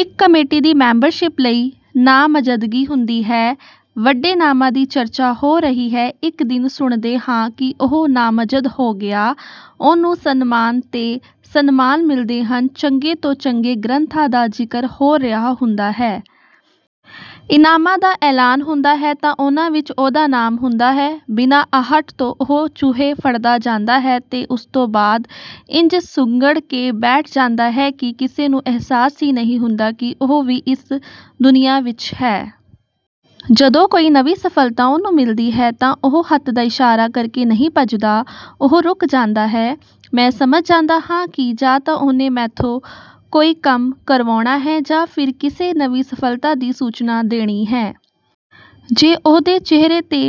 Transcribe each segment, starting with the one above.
ਇੱਕ ਕਮੇਟੀ ਦੀ ਮੈਂਬਰਸ਼ਿਪ ਲਈ ਨਾਮਜ਼ਦਗੀ ਹੁੰਦੀ ਹੈ। ਵੱਡੇ ਨਾਮਾਂ ਦੀ ਚਰਚਾ ਹੋ ਰਹੀ ਹੈ। ਇੱਕ ਦਿਨ ਸੁਣਦੇ ਹਾਂ ਕਿ ਉਹ ਨਾਮਜ਼ਦ ਹੋ ਗਿਆ। ਉਹਨੂੰ ਸਨਮਾਨ 'ਤੇ ਸਨਮਾਨ ਮਿਲਦੇ ਹਨ। ਚੰਗੇ ਤੋਂ ਚੰਗੇ ਗ੍ਰੰਥਾਂ ਦਾ ਜ਼ਿਕਰ ਹੋ ਰਿਹਾ ਹੁੰਦਾ ਹੈ। ਇਨਾਮਾਂ ਦਾ ਐਲਾਨ ਹੁੰਦਾ ਹੈ ਤਾਂ ਉਹਨਾਂ ਵਿੱਚ ਉਹਦਾ ਨਾਮ ਹੁੰਦਾ ਹੈ। ਬਿਨਾਂ ਆਹਟ ਤੋਂ ਉਹ ਚੂਹੇ ਫੜਦਾ ਜਾਂਦਾ ਹੈ ਤੇ ਉਸਤੋਂ ਬਾਅਦ ਇੰਝ ਸੁੰਗੜ ਕੇ ਬੈਠ ਜਾਂਦਾ ਹੈ ਕਿ ਕਿਸੇ ਨੂੰ ਅਹਿਸਾਸ ਹੀ ਨਹੀਂ ਹੁੰਦਾ ਕਿ ਉਹ ਵੀ ਇਸ ਦੁਨੀਆਂ ਵਿੱਚ ਹੈ। ਜਦੋਂ ਕੋਈ ਨਵੀਂ ਸਫਲਤਾ ਉਹਨੂੰ ਮਿਲਦੀ ਹੈ ਤਾਂ ਉਹ ਹੱਥ ਦਾ ਇਸ਼ਾਰਾ ਕਰਕੇ ਨਹੀਂ ਭੱਜਦਾ। ਉਹ ਰੁਕ ਜਾਂਦਾ ਹੈ। ਮੈਂ ਸਮਝ ਜਾਂਦਾ ਹਾਂ ਕਿ ਜਾਂ ਤਾਂ ਉਹਨੇ ਮੈਥੋਂ ਕੋਈ ਕੰਮ ਕਰਵਾਉਣਾ ਹੈ ਜਾਂ ਫਿਰ ਕਿਸੇ ਨਵੀਂ ਸਫਲਤਾ ਦੀ ਸੂਚਨਾ ਦੇਣੀ ਹੈ। ਜੇ ਉਹਦੇ ਚਿਹਰੇ 'ਤੇ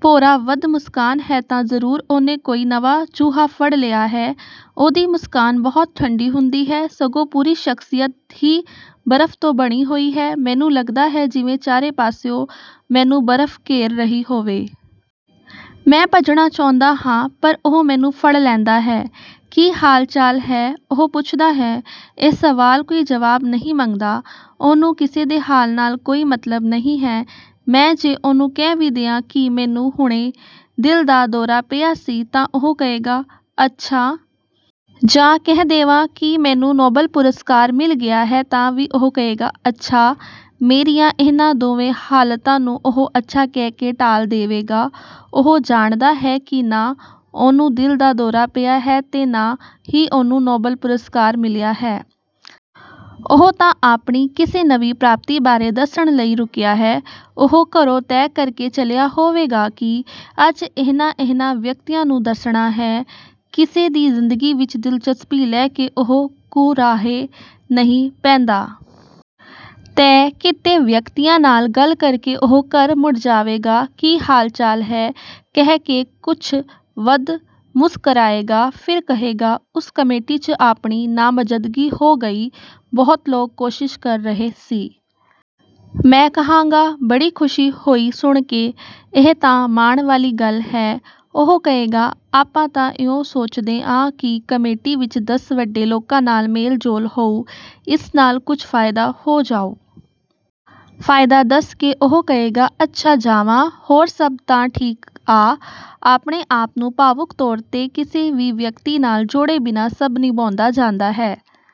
ਭੋਰਾ ਵੱਧ ਮੁਸਕਾਨ ਹੈ ਤਾਂ ਜ਼ਰੂਰ ਉਹਨੇ ਕੋਈ ਨਵਾਂ ਚੂਹਾ ਫੜ ਲਿਆ ਹੈ। ਉਹਦੀ ਮੁਸਕਾਨ ਬਹੁਤ ਠੰਢੀ ਹੁੰਦੀ ਹੈ। ਸਗੋਂ ਪੂਰੀ ਸ਼ਖਸੀਅਤ ਹੀ ਬਰਫ ਤੋਂ ਬਣੀ ਹੋਈ ਹੈ। ਮੈਨੂੰ ਲੱਗਦਾ ਹੈ ਜਿਵੇਂ ਚਾਰੇ ਪਾਸਿਓਂ ਮੈਨੂੰ ਬਰਫ ਘੇਰ ਰਹੀ ਹੋਵੇ। ਮੈਂ ਭੱਜਣਾ ਚਾਹੁੰਦਾ ਹਾਂ, ਪਰ ਉਹ ਮੈਨੂੰ ਫੜ ਲੈਂਦਾ ਹੈ। "ਕੀ ਹਾਲ-ਚਾਲ ਹੈ?" ਉਹ ਪੁੱਛਦਾ ਹੈ। ਇਹ ਸਵਾਲ ਕੋਈ ਜਵਾਬ ਨਹੀਂ ਮੰਗਦਾ। ਉਹਨੂੰ ਕਿਸੇ ਦੇ ਹਾਲ ਨਾਲ ਕੋਈ ਮਤਲਬ ਨਹੀਂ ਹੈ। ਮੈਂ ਜੇ ਉਹਨੂੰ ਕਹਿ ਵੀ ਦਿਆਂ ਕਿ ਮੈਨੂੰ ਹੁਣੇ ਦਿਲ ਦਾ ਦੌਰਾ ਪਿਆ ਸੀ, ਤਾਂ ਉਹ ਕਹੇਗਾ, "ਅੱਛਾ।" ਜਾਂ ਕਹਿ ਦੇਵਾਂ ਕਿ ਮੈਨੂੰ ਨੋਬਲ ਪੁਰਸਕਾਰ ਮਿਲ ਗਿਆ ਹੈ ਤਾਂ ਵੀ ਉਹ ਕਹੇਗਾ, "ਅੱਛਾ।" ਮੇਰੀਆਂ ਇਹਨਾਂ ਦੋਵੇਂ ਹਾਲਤਾਂ ਨੂੰ ਉਹ 'ਅੱਛਾ' ਕਹਿ ਕੇ ਟਾਲ ਦੇਵੇਗਾ। ਉਹ ਜਾਣਦਾ ਹੈ ਕਿ ਨਾ ਉਹਨੂੰ ਦਿਲ ਦਾ ਦੌਰਾ ਪਿਆ ਹੈ ਤੇ ਨਾ ਹੀ ਉਹਨੂੰ ਨੋਬਲ ਪੁਰਸਕਾਰ ਮਿਲਿਆ ਹੈ। ਉਹ ਤਾਂ ਆਪਣੀ ਕਿਸੇ ਨਵੀਂ ਪ੍ਰਾਪਤੀ ਬਾਰੇ ਦੱਸਣ ਲਈ ਰੁਕਿਆ ਹੈ। ਉਹ ਘਰੋਂ ਤੈਅ ਕਰਕੇ ਚੱਲਿਆ ਹੋਵੇਗਾ ਕਿ ਅੱਜ ਇਹਨਾਂ-ਇਹਨਾਂ ਵਿਅਕਤੀਆਂ ਨੂੰ ਦੱਸਣਾ ਹੈ। ਕਿਸੇ ਦੀ ਜ਼ਿੰਦਗੀ ਵਿੱਚ ਦਿਲਚਸਪੀ ਲੈ ਕੇ ਉਹ ਕੁਰਾਹੇ ਨਹੀਂ ਪੈਂਦਾ। ਤੈਅ ਕੀਤੇ ਵਿਅਕਤੀਆਂ ਨਾਲ ਗੱਲ ਕਰਕੇ ਉਹ ਘਰ ਮੁੜ ਜਾਵੇਗਾ। "ਕੀ ਹਾਲ-ਚਾਲ ਹੈ?" ਕਹਿ ਕੇ ਕੁਝ ਵੱਧ ਮੁਸਕਰਾਏਗਾ। ਫਿਰ ਕਹੇਗਾ, "ਉਸ ਕਮੇਟੀ 'ਚ ਆਪਣੀ ਨਾਮਜ਼ਦਗੀ ਹੋ ਗਈ। ਬਹੁਤ ਲੋਕ ਕੋਸ਼ਿਸ਼ ਕਰ ਰਹੇ ਸੀ।" ਮੈਂ ਕਹਾਂਗਾ, "ਬੜੀ ਖੁਸ਼ੀ ਹੋਈ ਸੁਣ ਕੇ। ਇਹ ਤਾਂ ਮਾਣ ਵਾਲੀ ਗੱਲ ਹੈ।" ਉਹ ਕਹੇਗਾ, "ਆਪਾਂ ਤਾਂ ਇਉਂ ਸੋਚਦੇ ਆਂ ਕਿ ਕਮੇਟੀ ਵਿੱਚ ਦਸ ਵੱਡੇ ਲੋਕਾਂ ਨਾਲ ਮੇਲ-ਜੋਲ ਹੋਊ। ਇਸ ਨਾਲ ਕੁਝ ਫਾਇਦਾ ਹੋ ਜਾਊ।" ਫਾਇਦਾ ਦੱਸ ਕੇ ਉਹ ਕਹੇਗਾ, "ਅੱਛਾ ਜਾਵਾਂ? ਹੋਰ ਸਭ ਤਾਂ ਠੀਕ ਆ?" ਆਪਣੇ ਆਪ ਨੂੰ ਭਾਵੁਕ ਤੌਰ 'ਤੇ ਕਿਸੇ ਵੀ ਵਿਅਕਤੀ ਨਾਲ ਜੋੜੇ ਬਿਨਾਂ ਸਭ ਨਿਭਾਉਂਦਾ ਜਾਂਦਾ ਹੈ।